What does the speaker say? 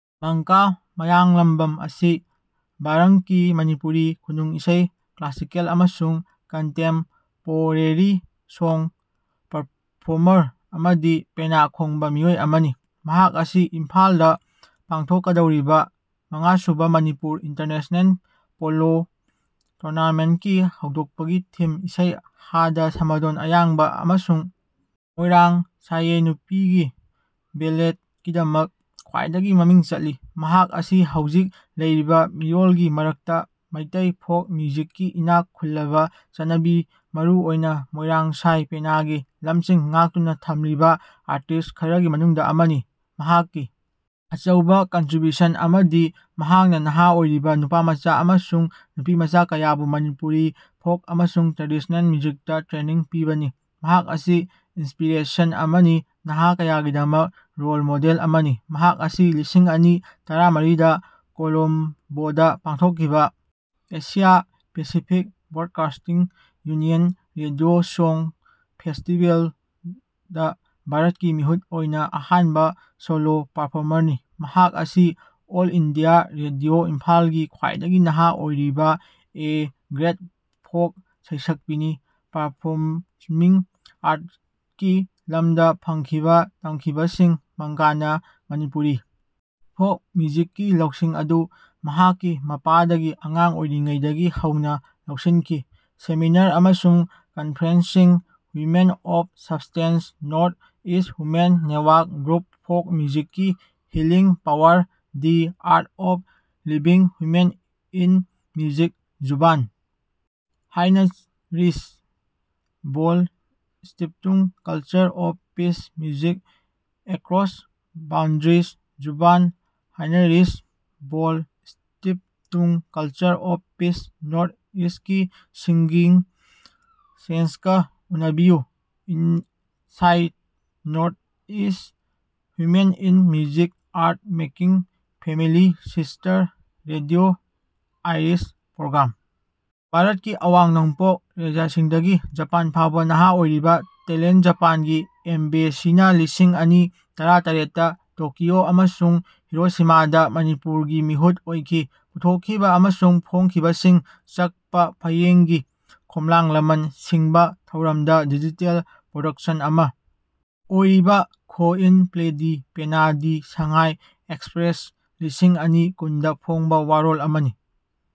ꯃꯥꯡꯀꯥ ꯃꯥꯌꯥꯡꯂꯝꯕꯥꯝ ꯑꯁꯤ ꯚꯥꯔꯡꯀꯤ ꯃꯅꯤꯄꯨꯔꯤ ꯈꯨꯅꯨꯡ ꯏꯁꯩ ꯀ꯭ꯂꯥꯁꯤꯀꯦꯜ ꯑꯃꯁꯨꯡ ꯀꯟꯇꯦꯝꯄꯣꯔꯦꯔꯤ ꯁꯣꯡ ꯄꯔꯐꯣꯔꯃꯔ ꯑꯃꯗꯤ ꯄꯦꯅꯥ ꯈꯣꯡꯕ ꯃꯤꯑꯣꯏ ꯑꯃꯅꯤ꯫ ꯃꯍꯥꯛ ꯑꯁꯤ ꯏꯝꯐꯥꯜꯗꯥ ꯄꯥꯡꯊꯣꯛꯀꯗꯧꯔꯤꯕꯥ ꯃꯉꯥꯁꯨꯕꯥ ꯃꯅꯤꯄꯨꯔ ꯏꯟꯇꯔꯅꯦꯁ꯭ꯅꯦꯜ ꯄꯣꯂꯣ ꯇꯨꯔꯅꯥꯃꯦꯟꯠꯀꯤ ꯍꯧꯗꯣꯛꯄꯒꯤ ꯊꯤꯝ ꯏꯁꯩ ꯍꯥꯗꯥ ꯁꯃꯥꯗꯣꯟ ꯑꯌꯥꯡꯕꯥ ꯑꯃꯁꯨꯡ ꯃꯣꯏꯔꯥꯡ ꯁꯥꯏ ꯑꯦ ꯅꯨꯄꯤꯒꯤ ꯕꯦꯜꯂꯦꯗꯀꯤꯗꯃꯛ ꯈ꯭ꯋꯥꯏꯗꯒꯤ ꯃꯃꯤꯡ ꯆꯠꯂꯤ꯫ ꯃꯍꯥꯛ ꯑꯁꯤ ꯍꯧꯖꯤꯛ ꯂꯩꯔꯤꯕꯥ ꯃꯤꯔꯣꯜꯒꯤ ꯃꯔꯛꯇꯥ ꯃꯩꯇꯩ ꯐꯣꯛ ꯃ꯭ꯌꯨꯖꯤꯛꯀꯤ ꯏꯅꯥꯛ ꯈꯨꯜꯂꯕꯥ ꯆꯠꯅꯕꯤ ꯃꯔꯨ ꯑꯣꯏꯅꯥ ꯃꯣꯏꯔꯥꯡ ꯁꯥꯏ ꯄꯦꯅꯥꯒꯤ ꯂꯝꯁꯤꯡ ꯉꯥꯛꯇꯨꯅꯥ ꯊꯝꯂꯤꯕꯥ ꯑꯥꯔꯇꯤꯁ꯭ꯠ ꯈꯔꯒꯤ ꯃꯅꯨꯡꯗꯥ ꯑꯃꯅꯤ꯫ ꯃꯍꯥꯛꯀꯤ ꯑꯆꯧꯕ ꯀꯟꯇ꯭ꯔꯤꯕ꯭ꯌꯨꯁꯟ ꯑꯃꯗꯤ ꯃꯍꯥꯛꯅꯥ ꯅꯍꯥ ꯑꯣꯏꯔꯤꯕꯥ ꯅꯨꯄꯥꯃꯆꯥ ꯑꯃꯁꯨꯡ ꯅꯨꯄꯤꯃꯆꯥ ꯀꯌꯥꯕꯨ ꯃꯅꯤꯄꯨꯔꯤ ꯐꯣꯛ ꯑꯃꯁꯨꯡ ꯇ꯭ꯔꯦꯗꯤꯁ꯭ꯅꯦꯜ ꯃ꯭ꯌꯨꯖꯤꯛꯇꯥ ꯇ꯭ꯔꯦꯅꯤꯡ ꯄꯤꯕꯅꯤ꯫ ꯃꯍꯥꯛ ꯑꯁꯤ ꯏꯟꯁꯄꯤꯔꯦꯁꯟ ꯑꯃꯅꯤ ꯅꯍꯥ ꯀꯌꯥꯒꯤꯗꯃꯛ ꯔꯣꯜ ꯃꯣꯗꯦꯜ ꯑꯃꯅꯤ꯫ ꯃꯍꯥꯛ ꯑꯁꯤ ꯂꯤꯁꯤꯡ ꯑꯅꯤ ꯇꯔꯥꯃꯔꯤꯗ ꯀꯣꯂꯝꯕꯣꯗꯥ ꯄꯥꯡꯊꯣꯛꯈꯤꯕꯥ Asia Pacific broadcasting union radio song ꯐꯦꯁꯇꯤꯕꯦꯜꯗꯥ ꯚꯥꯔꯠꯀꯤ ꯃꯤꯍꯨꯠ ꯑꯣꯏꯅꯥ ꯑꯍꯥꯟꯕꯥ ꯁꯣꯂꯣ ꯄꯔꯐꯣꯔꯃꯔꯅꯤ꯫ ꯃꯍꯥꯛ ꯑꯁꯤ ꯑꯣꯜ ꯏꯟꯗꯤꯌꯥ ꯔꯦꯗꯤꯑꯣ ꯏꯝꯐꯥꯜꯒꯤ ꯈ꯭ꯋꯥꯏꯗꯒꯤ ꯅꯍꯥ ꯑꯣꯏꯔꯤꯕꯥ ꯑꯦ ꯒ꯭ꯔꯦꯗ ꯐꯣꯛ ꯁꯩꯁꯛꯄꯤꯅꯤ꯫ ꯄꯔꯐꯣꯃꯤꯡ ꯑꯥꯔꯠꯁꯀꯤ ꯂꯝꯗꯥ ꯐꯪꯈꯤꯕꯥ ꯇꯝꯈꯤꯕꯁꯤꯡ ꯃꯥꯡꯀꯥꯅꯥ ꯃꯅꯤꯄꯨꯔꯤ ꯐꯣꯛ ꯃ꯭ꯌꯨꯖꯤꯛꯀꯤ ꯂꯧꯁꯤꯡ ꯑꯗꯨ ꯃꯍꯥꯛꯀꯤ ꯃꯄꯥꯗꯒꯤ ꯑꯉꯥꯡ ꯑꯣꯏꯔꯤꯉꯩꯗꯒꯤ ꯍꯧꯅꯥ ꯂꯧꯁꯤꯟꯈꯤ꯫ ꯁꯦꯃꯤꯅꯥꯔ ꯑꯃꯁꯨꯡ ꯀꯟꯐꯔꯦꯟꯁꯁꯤꯡ women of substance north east women network group folk ꯃꯤꯎꯖꯤꯛꯀꯤ healing power the art of living women in music Zubaan Heinrich Böll Stiftung culture of peace music across boundaries Zubaan Heinrich Böll Stiftung culture of peace north ꯏꯁ꯭ꯇꯀꯤ ꯁꯤꯡꯒꯤꯡ ꯁꯦꯟꯁꯁꯀꯥ ꯎꯅꯕꯤꯌꯨ inside northeast women in music art making family sister radio Iris program ꯚꯥꯔꯠꯀꯤ ꯑꯋꯥꯡ ꯅꯣꯡꯄꯣꯛ ꯔꯥꯖ꯭ꯌꯁꯤꯡꯗꯒꯤ Japan ꯐꯥꯎꯕꯥ ꯅꯍꯥ ꯑꯣꯏꯔꯤꯕꯥ ꯇꯦꯂꯦꯟꯠ ꯖꯄꯥꯟꯒꯤ ꯑꯦꯝꯕꯦꯁꯤꯅꯥ ꯂꯤꯁꯤꯡ ꯑꯅꯤ ꯇꯔꯥ ꯇꯔꯦꯠꯇꯥ ꯇꯣꯀꯤꯑꯣ ꯑꯃꯁꯨꯡ ꯍꯤꯔꯣꯁꯤꯃꯥꯗꯥ ꯃꯅꯤꯄꯨꯔꯒꯤ ꯃꯤꯍꯨꯠ ꯑꯣꯏꯈꯤ꯫ ꯄꯨꯊꯣꯛꯈꯤꯕ ꯑꯃꯁꯨꯡ ꯐꯣꯡꯈꯤꯕꯁꯤꯡ ꯆꯛꯄꯥ ꯐꯥꯌꯦꯡꯒꯤ ꯈꯣꯝꯂꯥꯡ ꯂꯃꯟ ꯁꯤꯡꯕꯥ ꯊꯧꯔꯝꯗꯥ ꯗꯤꯖꯤꯇꯦꯜ ꯄ꯭ꯔꯣꯗꯛꯁꯟ ꯑꯃꯥ ꯑꯣꯏꯔꯤꯕꯥ ꯈꯣ ꯏꯟ ꯄ꯭ꯂꯦ ꯗꯤ ꯄꯦꯅꯥ ꯗꯤ ꯁꯉꯥꯏ ꯑꯦꯛꯁꯄ꯭ꯔꯦꯁ ꯂꯤꯁꯤꯡ ꯑꯅꯤ ꯀꯨꯟꯗꯥ ꯐꯣꯡꯕꯥ ꯋꯥꯔꯣꯜ ꯑꯃꯅꯤ꯫